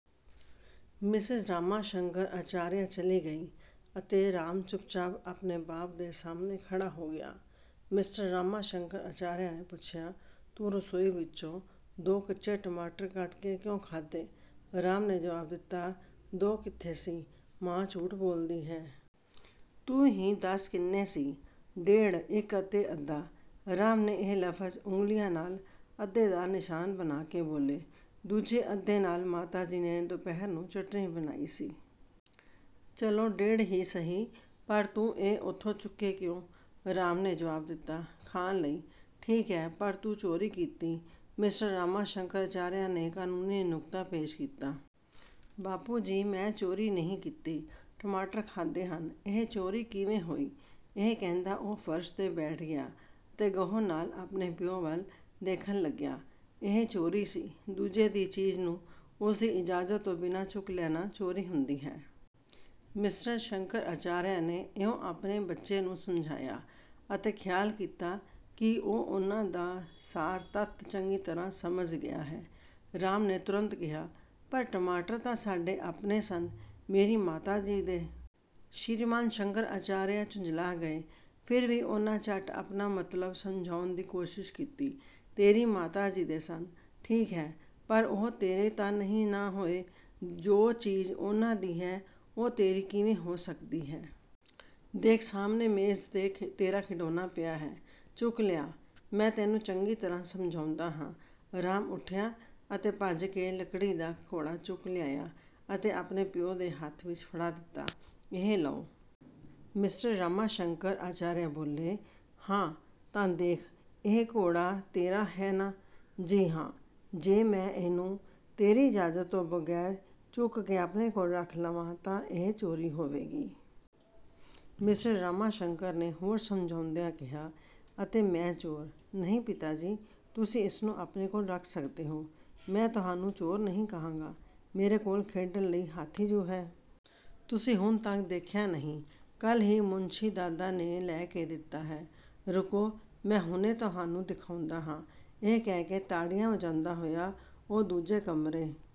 Mrs Rama Shankar Acharya ਚਲੀ ਗਈ ਅਤੇ ਰਾਮ ਚੁੱਪ-ਚਾਪ ਆਪਣੇ ਬਾਪ ਦੇ ਸਾਹਮਣੇ ਖੜ੍ਹਾ ਹੋ ਗਿਆ। ਮਿਸਟਰ ਰਾਮਾ ਸ਼ੰਕਰ ਅਚਾਰੀਆ ਨੇ ਪੁੱਛਿਆ, ਤੂੰ ਰਸੋਈ ਵਿਚੋਂ ਦੋ ਕੱਚੇ ਟਮਾਟਰ ਕੱਢ ਕੇ ਕਿਉਂ ਖਾਧੇ? " ਰਾਮ ਨੇ ਜਵਾਬ ਦਿੱਤਾ, "ਦੋ ਕਿੱਥੇ ਸੀ, ਮਾਂ ਝੂਠ ਬੋਲਦੀ ਹੈ। " "ਤੂੰ ਹੀ ਦੱਸ ਕਿੰਨੇ ਸੀ। " "ਡੇਢ। ਇਕ ਅਤੇ ਅੱਧਾ", ਰਾਮ ਨੇ ਇਹ ਲਫਜ਼ ਉਂਗਲ਼ੀਆਂ ਨਾਲ ਅੱਧੇ ਦਾ ਨਿਸ਼ਾਨ ਬਣਾ ਕੇ ਬੋਲੇ, "ਦੂਜੇ ਅੱਧੇ ਨਾਲ ਮਾਤਾ ਜੀ ਨੇ ਦੁਪਹਿਰ ਨੂੰ ਚਟਣੀ ਬਣਾਈ ਸੀ। " "ਚਲੋ ਡੇਢ ਹੀ ਸਹੀ, ਪਰ ਤੂੰ ਇਹ ਉਥੋਂ ਚੁੱਕੇ ਕਿਉਂ? " ਰਾਮ ਨੇ ਜਵਾਬ ਦਿੱਤਾ, "ਖਾਣ ਲਈ। " "ਠੀਕ ਹੈ, ਪਰ ਤੂੰ ਚੋਰੀ ਕੀਤੀ", ਮਿਸਟਰ ਰਾਮਾ ਸ਼ੰਕਰ ਅਚਾਰੀਆ ਨੇ ਕਾਨੂੰਨੀ ਨੁਕਤਾ ਪੇਸ਼ ਕੀਤਾ। ਬਾਪੂ ਜੀ ਮੈਂ ਚੋਰੀ ਨਹੀਂ ਕੀਤੀ, ਟਮਾਟਰ ਖਾਧੇ ਹਨ, ਇਹ ਚੋਰੀ ਕਿਵੇਂ ਹੋਈ? " ਇਹ ਕਹਿੰਦਾ ਉਹ ਫਰਸ਼ 'ਤੇ ਬੈਠ ਗਿਆ ਅਤੇ ਗਹੁ ਨਾਲ ਆਪਣੇ ਪਿਉ ਵੱਲ ਦੇਖਣ ਲੱਗਿਆ। "ਇਹ ਚੋਰੀ ਸੀ। ਦੂਜੇ ਦੀ ਚੀਜ਼ ਨੂੰ ਉਸ ਦੀ ਇਜਾਜ਼ਤ ਤੋਂ ਬਿਨਾਂ ਚੁੱਕ ਲੈਣਾ ਚੋਰੀ ਹੁੰਦੀ ਹੈ। " ਮਿਸਟਰ ਸ਼ੰਕਰ ਅਚਾਰੀਆ ਨੇ ਇਉਂ ਆਪਣੇ ਬੱਚੇ ਨੂੰ ਸਮਝਾਇਆ ਅਤੇ ਖਿਆਲ ਕੀਤਾ ਕਿ ਉਹ ਉਨ੍ਹਾਂ ਦਾ ਸਾਰ-ਤੱਤ ਚੰਗੀ ਤਰ੍ਹਾਂ ਸਮਝ ਗਿਆ ਹੈ। ਰਾਮ ਨੇ ਤੁਰੰਤ ਕਿਹਾ, "ਪਰ ਟਮਾਟਰ ਤਾਂ ਸਾਡੇ ਆਪਣੇ ਸਨ, ਮੇਰੀ ਮਾਤਾ ਜੀ ਦੇ। " ਸ਼੍ਰੀਮਾਨ ਸ਼ੰਕਰ ਅਚਾਰੀਆ ਝੁੰਜਲਾ ਗਏ। ਫਿਰ ਵੀ ਉਨ੍ਹਾਂ ਝੱਟ ਆਪਣਾ ਮਤਲਬ ਸਮਝਾਉਣ ਦੀ ਕੋਸ਼ਿਸ਼ ਕੀਤੀ, "ਤੇਰੀ ਮਾਤਾ ਜੀ ਦੇ ਸਨ, ਠੀਕ ਹੈ, ਪਰ ਉਹ ਤੇਰੇ ਤਾਂ ਨਹੀਂ ਨਾ ਹੋਏ। ਜੋ ਚੀਜ਼ ਉਨ੍ਹਾਂ ਦੀ ਹੈ, ਉਹ ਤੇਰੀ ਕਿਵੇਂ ਹੋ ਸਕਦੀ ਹੈ? ਦੇਖ ਸਾਹਮਣੇ ਮੇਜ਼ 'ਤੇ ਤੇਰਾ ਖਿਡੌਣਾ ਪਿਆ ਹੈ, ਚੁੱਕ ਲਿਆ, ਮੈਂ ਤੈਨੂੰ ਚੰਗੀ ਤਰ੍ਹਾਂ ਸਮਝਾਉਂਦਾ ਹਾਂ। " ਰਾਮ ਉਠਿਆ ਅਤੇ ਭੱਜ ਕੇ ਲੱਕੜੀ ਦਾ ਘੋੜਾ ਚੁੱਕ ਲਿਆਇਆ ਅਤੇ ਆਪਣੇ ਪਿਉ ਦੇ ਹੱਥ ਵਿਚ ਫੜਾ ਦਿੱਤਾ, "ਇਹ ਲਉ। " ਮਿਸਟਰ ਰਾਮਾ ਸ਼ੰਕਰ ਅਚਾਰੀਆ ਬੋਲੇ, "ਹਾਂ! ਤਾਂ ਦੇਖ, ਇਹ ਘੋੜਾ ਤੇਰਾ ਹੈ ਨਾ? " "ਜੀ ਹਾਂ। " "ਜੇ ਮੈਂ ਇਹਨੂੰ ਤੇਰੀ ਇਜਾਜ਼ਤ ਤੋਂ ਬਗ਼ੈਰ ਚੁੱਕ ਕੇ ਆਪਣੇ ਕੋਲ ਰੱਖ ਲਵਾਂ ਤਾਂ ਇਹ ਚੋਰੀ ਹੋਵੇਗੀ। " ਮਿਸਟਰ ਰਾਮਾ ਸ਼ੰਕਰ ਨੇ ਹੋਰ ਸਮਝਾਉਂਦਿਆਂ ਕਿਹਾ, "ਅਤੇ ਮੈਂ ਚੋਰ। " "ਨਹੀਂ ਪਿਤਾ ਜੀ, ਤੁਸੀਂ ਇਸ ਨੂੰ ਆਪਣੇ ਕੋਲ ਰੱਖ ਸਕਦੇ ਹੋ। ਮੈਂ ਤੁਹਾਨੂੰ ਚੋਰ ਨਹੀਂ ਕਹਾਂਗਾ। ਮੇਰੇ ਕੋਲ ਖੇਡਣ ਲਈ ਹਾਥੀ ਜੁ ਹੈ। ਤੁਸੀਂ ਹੁਣ ਤਕ ਦੇਖਿਆ ਨਹੀਂ? ਕਲ੍ਹ ਹੀ ਮੁਣਸ਼ੀ ਦਾਦਾ ਨੇ ਲੈ ਕੇ ਦਿੱਤਾ ਹੈ। ਰੁਕੋ, ਮੈਂ ਹੁਣੇ ਤੁਹਾਨੂੰ ਦਿਖਾਉਂਦਾ ਹਾਂ। " ਇਹ ਕਹਿ ਕੇ ਤਾੜੀਆਂ ਵਜਾਉਂਦਾ ਹੋਇਆ ਉਹ ਦੂਜੇ ਕਮਰੇ